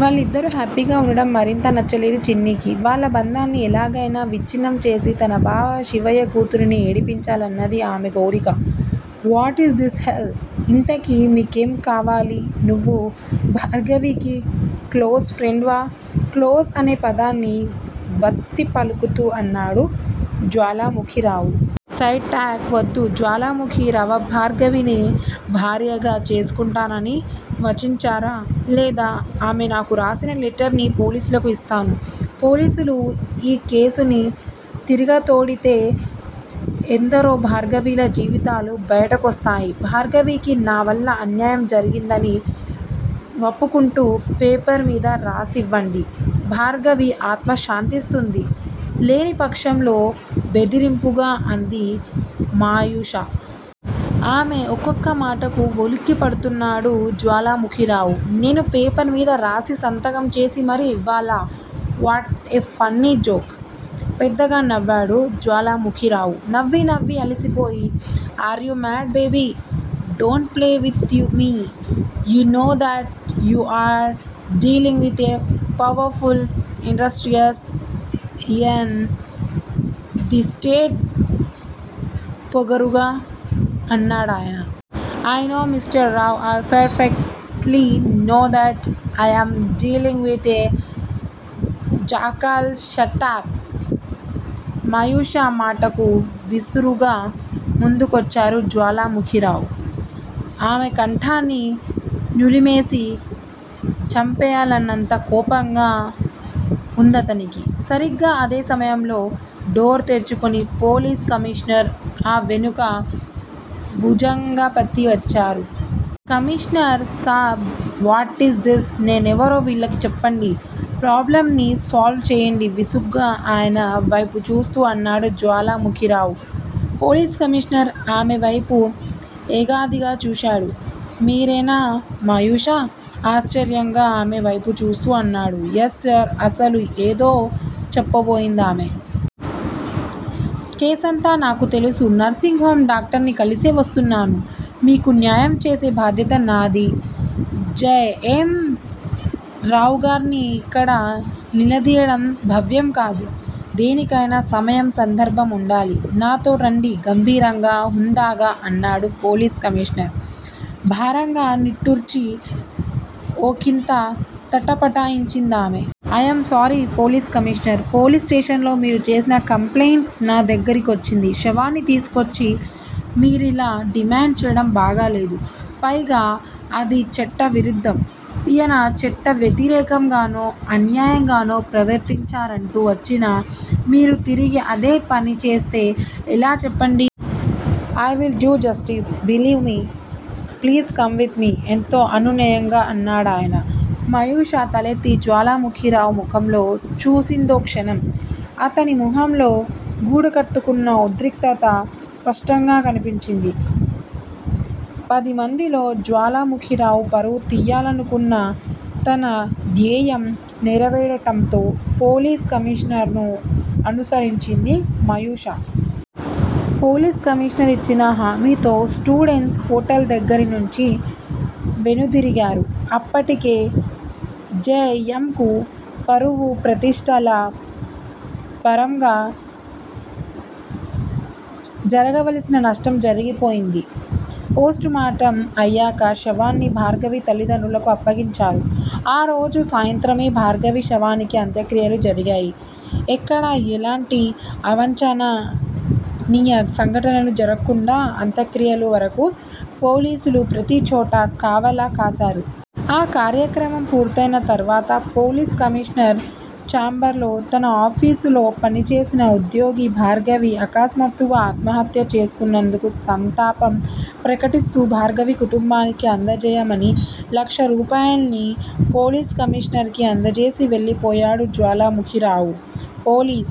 వాళ్ళిద్దరూ హ్యాపీగా వుండడం మరింత నచ్చలేదు చిన్నికి. వాళ్ళ బంధాన్ని ఎలాగయినా విచ్చిన్నం చేసి తన బావ శివయ్య కూతురిని ఏడిపించాలన్నది ఆమె కోరిక. వాటీజ్ దిస్ హెల్ ఇంతకీ మీకేం కావాలి నువ్వు భార్గవికి క్లోజ్ ఫ్రెండ్ వా? క్లోజ్ అనే పదాన్ని వత్తి పలుకుతూ అన్నాడు జ్వాలాముఖిరావు. సైడ్ టాక్స్ వద్దు జ్వాలాముఖిరావ్భా ర్గవినే భార్యగా చేసుకుంటానని వంచించారా లేదా? ఆమె నాకు రాసిన లెటర్ ని పోలీసులకు ఇస్తాను. పోలీసులు ఈ కేసుని తిరగతోడితే ఎందరో భార్గవిల జీవితాలు బయటకొస్తాయి. భార్గవికి నావల్ల అన్యాయం జరిగిందని వప్పుకుంటూ పేపర్ మీద రాసివ్వండి. భార్గవి ఆత్మ శాంతిస్తుంది లేనిపక్షంలో బెదిరింపుగా అంది మయూష. ఆమె ఒక్కొక్క మాటలకు వులిక్కిపడుతున్నాడు జ్వాలాముఖిరావు. నేను పేపర్ మీద రాసి సంతకం చేసి మరీ ఇవ్వాలా వాట్ ఏ ఫన్నీ జోక్ పెద్దగా నవ్వాడు జ్వాలాముఖిరావు. నవ్వి, నవ్వి అలిసిపోయి are you mad baby don't play with me you know that you are dealing with a powerful industrialists in the state పొగరుగా అన్నాడాయన. I know mister Rao! I perfectly know that I'm dealing with a jackal ష ట ప్ మయూష మాటకు విసురుగా ముందుకొచ్చారు జ్వాలాముఖిరావు. ఆమె కంఠాన్ని నులిమేసి చంపెయ్యాలన్నంత కోపంగా ఉందతనికి. సరిగ్గా అదే సమయంలో డోర్ తెరుచుకుని పోలీసు కమీషనరు, ఆ వెనుక భుజంగపతి వచ్చారు. కమీషనర్ సాబ్ వాటీజ్ దిస్ నేనెవరో వీళ్ళకు చెప్పండి. ప్రాబ్లమ్ ని సాల్వ్ చేయండి విసుగ్గా ఆయన వేపు చూస్తూ అన్నాడు జ్వాలాముఖిరావు. పోలీస్ కమీషనర్ ఆమె వేపు ఎగాదిగా చూశాడు. మీరేనా మయూష? ఆశ్చర్యంగా ఆమె వేపు చూస్తూ అడిగాడు. Yes sir. అసలు ఏదో చెప్పబోయిందామె. కేసంతా నాకు తెలుసు నర్సింగ్ హోమ్ డాక్టర్ని కలిసే వస్తున్నాను. మీకు న్యాయం చేసే బాధ్యత నాది జె. ఎం. రావుగార్ని యిక్కడ నిలదీయడం భావ్యం కాదు. దేనికయినా సమయం, సందర్భముండాలి. నాతో రండి గంభీరంగా, హుందాగా అన్నాడు పోలీస్ కమీషనర్. భారంగా నిట్టూర్చి ఒకింత తటపటాయించిందామె. I'm sorry police commissioner. Police station లో మీరు చేసిన కంప్లయింట్ నా దగ్గిర కొచ్చింది. శవాన్ని తీసుకొచ్చి మీరిలా డిమాండ్ చేయడం బాగాలేదు. పైగా అది చట్ట విరుద్దం. ఈయన చట్ట వ్యతిరేకం గానో, అన్యాయంగానో ప్రవర్తించారంటూ వచ్చిన మీరు తిరిగి అదే పనిచేస్తే ఎలా చెప్పండి? I will do justice, believe me please come with me ఎంతో అనునయంగా అన్నాడాయన. మయూష తలెత్తి జ్వాలాముఖిరావు ముఖంలోకి చూసిందోక్షణం. అతని మొహంలో గూడుకట్టుకున్న ఉద్రిక్తత స్పష్టంగా కనిపించింది. పదిమందిలో జ్వాలాముఖిరావు పరువు తీయాలనుకున్న తన ద్యేయం నెరవేరటంతో, పోలీస్ కమీషనర్ ను అనుసరించింది మయూష. పోలీస్ కమీషనర్ ఇచ్చిన హామీతో స్టూడెంట్స్ హోటల్ దగ్గిర నుంచి వెనుదిరిగారు. అప్పటికే జె. యమ్ కు పరువు ప్రతిష్టల పరంగా జరగవలసిన నష్టం జరిగిపోయింది. పోస్టుమార్టమ్ అయ్యాక శవాన్ని భార్గవి తల్లిదండ్రులకు అప్పగించారు. ఆ రోజు సాయంత్రమే భార్గవి శవానికి అంత్యక్రియలు జరిగాయి. ఎక్కడా ఎలాంటి అవాంఛనీయ సంఘటనలు జరక్కుండా అంత్యక్రియల వరకూ పోలీసులు ప్రతీచోటా కావలా కాసారు. ఆ కార్యక్రమం పూర్తయిన తర్వాత- పోలీస్ కమీషనర్ చాంబర్ లో తన ఆఫీసులో పని చేసిన ఉద్యోగి భార్గవి అకస్మాత్తుగా ఆత్మహత్యా చేసుకున్నందుకు సంతాపం ప్రకటిస్తూ భార్గవి కుటుంబానికి అందజేయమని లక్షరూపాయల్ని పోలీస్ కమీషనర్ కి అందజేసి వెళ్ళిపోయాడు జ్వాలాముఖిరావు. పోలీస్